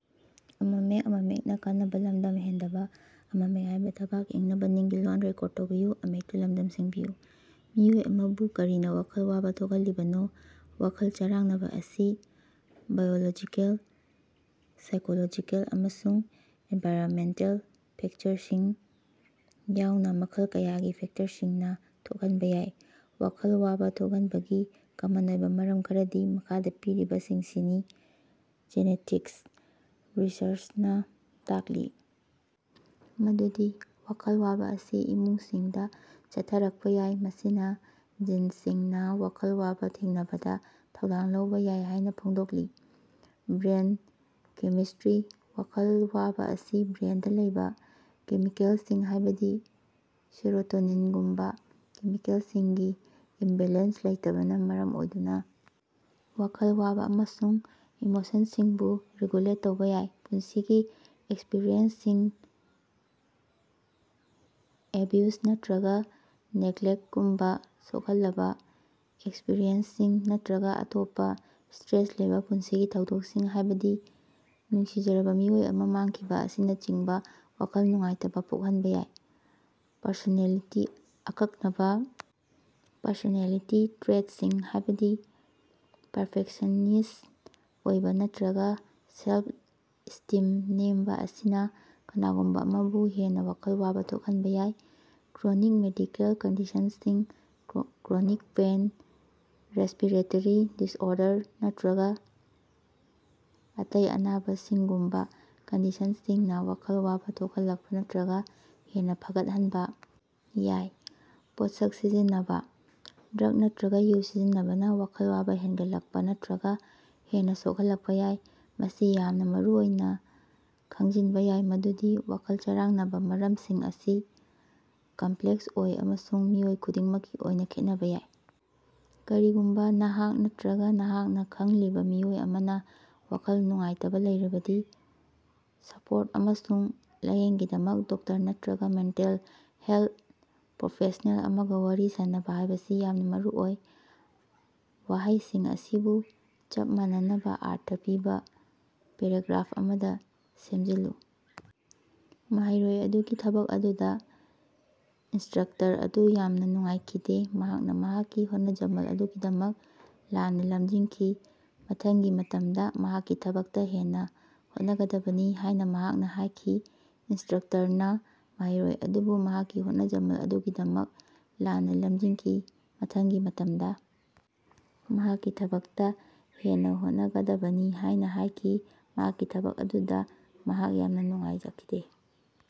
ꯃꯤꯑꯣꯏ ꯑꯃꯕꯨ ꯀꯔꯤꯅ ꯋꯥꯈꯜ ꯋꯥꯕ ꯊꯣꯛꯍꯜꯂꯤꯕꯅꯣ? ꯋꯥꯈꯜ ꯆꯔꯥꯡꯅꯕꯥ ꯑꯁꯤ ꯕꯥꯏꯑꯣꯂꯣꯖꯤꯀꯦꯜ, ꯁꯥꯏꯀꯣꯂꯣꯖꯤꯀꯦꯜ ꯑꯃꯁꯨꯡ ꯑꯦꯟꯚꯥꯏꯔꯟꯃꯦꯟꯇꯦꯜ ꯐꯦꯛꯇꯔꯁꯤꯡ ꯌꯥꯎꯅ ꯃꯈꯜ ꯀꯌꯥꯒꯤ ꯐꯦꯛꯇꯔꯁꯤꯡꯅ ꯊꯣꯛꯍꯟꯕ ꯌꯥꯏ꯫ ꯋꯥꯈꯜ ꯋꯥꯕ ꯊꯣꯛꯍꯟꯕꯒꯤ ꯀꯃꯟ ꯑꯣꯏꯕ ꯃꯔꯝ ꯈꯔꯗꯤ ꯃꯈꯥꯗ ꯄꯤꯔꯤꯕꯁꯤꯡꯁꯤꯅꯤ꯫ ꯖꯦꯅꯦꯇꯤꯛꯁ - ꯔꯤꯁꯔꯆꯅꯥ ꯇꯥꯛꯂꯤ ꯃꯗꯨꯗꯤ ꯋꯥꯈꯜ ꯋꯥꯕ ꯑꯁꯤ ꯏꯃꯨꯡꯁꯤꯡꯗ ꯆꯠꯊꯔꯛꯄ ꯌꯥꯏ, ꯃꯁꯤꯅ ꯖꯤꯟꯁꯤꯡꯅ ꯋꯥꯈꯜ ꯋꯥꯕ ꯊꯦꯡꯅꯕꯗ ꯊꯧꯗꯥꯡ ꯂꯧꯕ ꯌꯥꯏ ꯍꯥꯏꯅ ꯐꯣꯡꯗꯣꯛꯂꯤ꯫ ꯕ꯭ꯔꯦꯟ ꯀꯦꯃꯤꯁꯇ꯭ꯔꯤ - ꯋꯥꯈꯜ ꯋꯥꯕ ꯑꯁꯤ ꯕ꯭ꯔꯦꯟꯗ ꯂꯩꯕ ꯀꯦꯃꯤꯀꯦꯜꯁꯤꯡ, ꯍꯥꯏꯕꯗꯤ ꯁꯦꯔꯣꯇꯣꯅꯤꯟꯒꯨꯝꯕ ꯀꯦꯃꯤꯀꯦꯜꯁꯤꯡꯒꯤ ꯏꯝꯕꯦꯂꯦꯟꯁ ꯂꯩꯇꯕꯅꯥ ꯃꯔꯝ ꯑꯣꯏꯗꯨꯅ ꯋꯥꯈꯜ ꯋꯥꯕ ꯑꯃꯁꯨꯡ ꯏꯃꯣꯁꯟꯁꯤꯡꯕꯨ ꯔꯤꯒꯨꯂꯦꯠ ꯇꯧꯕ ꯌꯥꯏ꯫ ꯄꯨꯟꯁꯤꯒꯤ ꯑꯦꯛꯁꯄꯤꯔꯤꯑꯦꯟꯁꯁꯤꯡ - ꯑꯦꯕ꯭ꯌꯨꯖ ꯅꯠꯇꯔꯒ ꯅꯦꯒꯂꯦꯛꯇꯒꯨꯝꯕ ꯁꯣꯛꯍꯜꯂꯕꯥ ꯑꯦꯛꯁꯄꯤꯔꯤꯑꯦꯟꯁꯁꯤꯡ, ꯅꯠꯇꯔꯒ ꯑꯇꯣꯞꯄ ꯁ꯭ꯇꯔꯦꯁ ꯂꯩꯕ ꯄꯨꯟꯁꯤꯒꯤ ꯊꯧꯗꯣꯛꯁꯤꯡ, ꯍꯥꯏꯕꯗꯤ ꯅꯨꯡꯁꯤꯖꯔꯕꯥ ꯃꯤꯑꯣꯏ ꯑꯃ ꯃꯥꯡꯈꯤꯕ ꯑꯁꯤꯅꯆꯤꯡꯕꯅ ꯋꯥꯈꯜ ꯅꯨꯡꯉꯥꯏꯇꯕꯥ ꯄꯣꯛꯍꯟꯕ ꯌꯥꯏ꯫ ꯄꯔꯁꯣꯅꯦꯂꯤꯇꯤ- ꯑꯀꯛꯅꯕꯥ ꯄꯔꯁꯣꯅꯦꯂꯤꯇꯤ ꯇ꯭ꯔꯦꯠꯁꯤꯡ, ꯍꯥꯏꯕꯗꯤ ꯄꯔꯐꯦꯛꯁꯟꯅꯤꯁ꯭ꯠ ꯑꯣꯏꯕ ꯅꯠꯇꯔꯒ ꯁꯦꯜꯐ-ꯏꯁ꯭ꯇꯤꯝ ꯅꯦꯝꯕ ꯑꯁꯤꯅ ꯀꯅꯥꯒꯨꯝꯕ ꯑꯃꯕꯨ ꯍꯦꯟꯅ ꯋꯥꯈꯜ ꯋꯥꯕ ꯊꯣꯛꯍꯟꯕ ꯌꯥꯏ꯫ ꯀ꯭ꯔꯣꯅꯤꯛ ꯃꯦꯗꯤꯀꯦꯜ ꯀꯟꯗꯤꯁꯟꯁꯤꯡ- ꯀ꯭ꯔꯣꯅꯤꯛ ꯄꯦꯏꯟ, ꯔꯦꯁ꯭ꯄꯤꯔꯦꯇꯔꯤ ꯗꯤꯁꯑꯣꯔꯗꯔ, ꯅꯠꯇꯔꯒ ꯑꯇꯩ ꯑꯅꯥꯕꯁꯤꯡꯒꯨꯝꯕ ꯀꯟꯗꯤꯁꯟꯁꯤꯡꯅ ꯋꯥꯈꯜ ꯋꯥꯕ ꯊꯣꯛꯍꯜꯂꯛꯄ ꯅꯠꯇꯔꯒ ꯍꯦꯟꯅ ꯐꯒꯠꯍꯟꯕ ꯌꯥꯏ꯫ ꯄꯣꯠꯁꯛ ꯁꯤꯖꯤꯟꯅꯕ - ꯗ꯭ꯔꯒ ꯅꯠꯇꯔꯒ ꯌꯨ ꯁꯤꯖꯤꯟꯅꯕꯅꯥ ꯋꯥꯈꯜ ꯋꯥꯕ ꯍꯦꯟꯒꯠꯂꯛꯄ ꯅꯠꯇꯔꯒ ꯍꯦꯟꯅ ꯁꯣꯛꯍꯜꯂꯛꯄ ꯌꯥꯏ꯫ ꯃꯁꯤ ꯌꯥꯝꯅ ꯃꯔꯨꯑꯣꯏꯅ ꯈꯪꯖꯤꯟꯕ ꯌꯥꯏ ꯃꯗꯨꯗꯤ ꯋꯥꯈꯜ ꯆꯔꯥꯡꯅꯕꯥ ꯃꯔꯝꯁꯤꯡ ꯑꯁꯤ ꯀꯝꯄ꯭ꯂꯦꯛꯁ ꯑꯣꯏ ꯑꯃꯁꯨꯡ ꯃꯤꯑꯣꯏ ꯈꯨꯗꯤꯡꯃꯛꯀꯤ ꯑꯣꯏꯅ ꯈꯦꯠꯅꯕ ꯌꯥꯏ꯫ ꯀꯔꯤꯒꯨꯝꯕ ꯅꯍꯥꯛ ꯅꯠꯇꯔꯒ ꯅꯍꯥꯛꯅ ꯈꯪꯂꯤꯕ ꯃꯤꯑꯣꯏ ꯑꯃꯅ ꯋꯥꯈꯜ ꯅꯨꯡꯉꯥꯏꯇꯕꯥ ꯂꯩꯔꯕꯗꯤ, ꯁꯄꯣꯔꯠ ꯑꯃꯁꯨꯡ ꯂꯥꯏꯌꯦꯡꯒꯤꯗꯃꯛ ꯗꯣꯛꯇꯔ ꯅꯠꯇꯔꯒ ꯃꯦꯟꯇꯦꯜ ꯍꯦꯜꯊ ꯄ꯭ꯔꯣꯐꯦꯁꯅꯦꯜ ꯑꯃꯒ ꯋꯥꯔꯤ ꯁꯥꯅꯕ ꯍꯥꯏꯕꯁꯤ ꯌꯥꯝꯅ ꯃꯔꯨꯑꯣꯏ꯫ ꯋꯥꯍꯩꯁꯤꯡ ꯑꯁꯤꯕꯨ ꯆꯞ ꯃꯥꯟꯅꯕꯥ ꯑꯔꯊ ꯄꯤꯕ ꯄꯦꯔꯥꯒ꯭ꯔꯥꯐ ꯑꯃꯗ ꯁꯦꯝꯖꯤꯜꯂꯨ꯫ ꯃꯍꯩꯔꯣꯏ ꯑꯗꯨꯒꯤ ꯊꯕꯛ ꯑꯗꯨꯗ ꯏꯟꯁꯇ꯭ꯔꯛꯇꯔ ꯑꯗꯨ ꯌꯥꯝꯅ ꯅꯨꯡꯉꯥꯏꯈꯤꯗꯦ꯫ ꯃꯍꯥꯛꯅ ꯃꯍꯥꯛꯀꯤ ꯍꯣꯠꯅꯖꯃꯜ ꯑꯗꯨꯒꯤꯗꯃꯛ ꯂꯥꯟꯅ ꯂꯝꯖꯤꯡꯈꯤ꯫ ꯃꯊꯪꯒꯤ ꯃꯇꯝꯗ ꯃꯍꯥꯛꯀꯤ ꯊꯕꯛꯇ ꯍꯦꯟꯅ ꯍꯣꯠꯅꯒꯗꯕꯅꯤ ꯍꯥꯏꯅ ꯃꯍꯥꯛꯅ ꯍꯥꯏꯈꯤ꯫ ꯏꯟꯁꯇ‍꯭ꯔꯛꯇꯔꯅꯥ ꯃꯍꯩꯔꯣꯏ ꯑꯗꯨꯕꯨ ꯃꯍꯥꯛꯀꯤ ꯍꯣꯠꯅꯖꯃꯜ ꯑꯗꯨꯒꯤꯗꯃꯛ ꯂꯥꯟꯅ ꯂꯝꯖꯤꯡꯈꯤ, ꯃꯊꯪꯒꯤ ꯃꯇꯝꯗ ꯃꯍꯥꯛꯀꯤ ꯊꯕꯛꯇ ꯍꯦꯟꯅ ꯍꯣꯠꯅꯒꯗꯕꯅꯤ ꯍꯥꯏꯅ ꯍꯥꯏꯈꯤ꯫ ꯃꯍꯥꯛꯀꯤ ꯊꯕꯛ ꯑꯗꯨꯗ ꯃꯍꯥꯛ ꯌꯥꯝꯅ ꯅꯨꯡꯉꯥꯏꯈꯤꯗꯦ꯫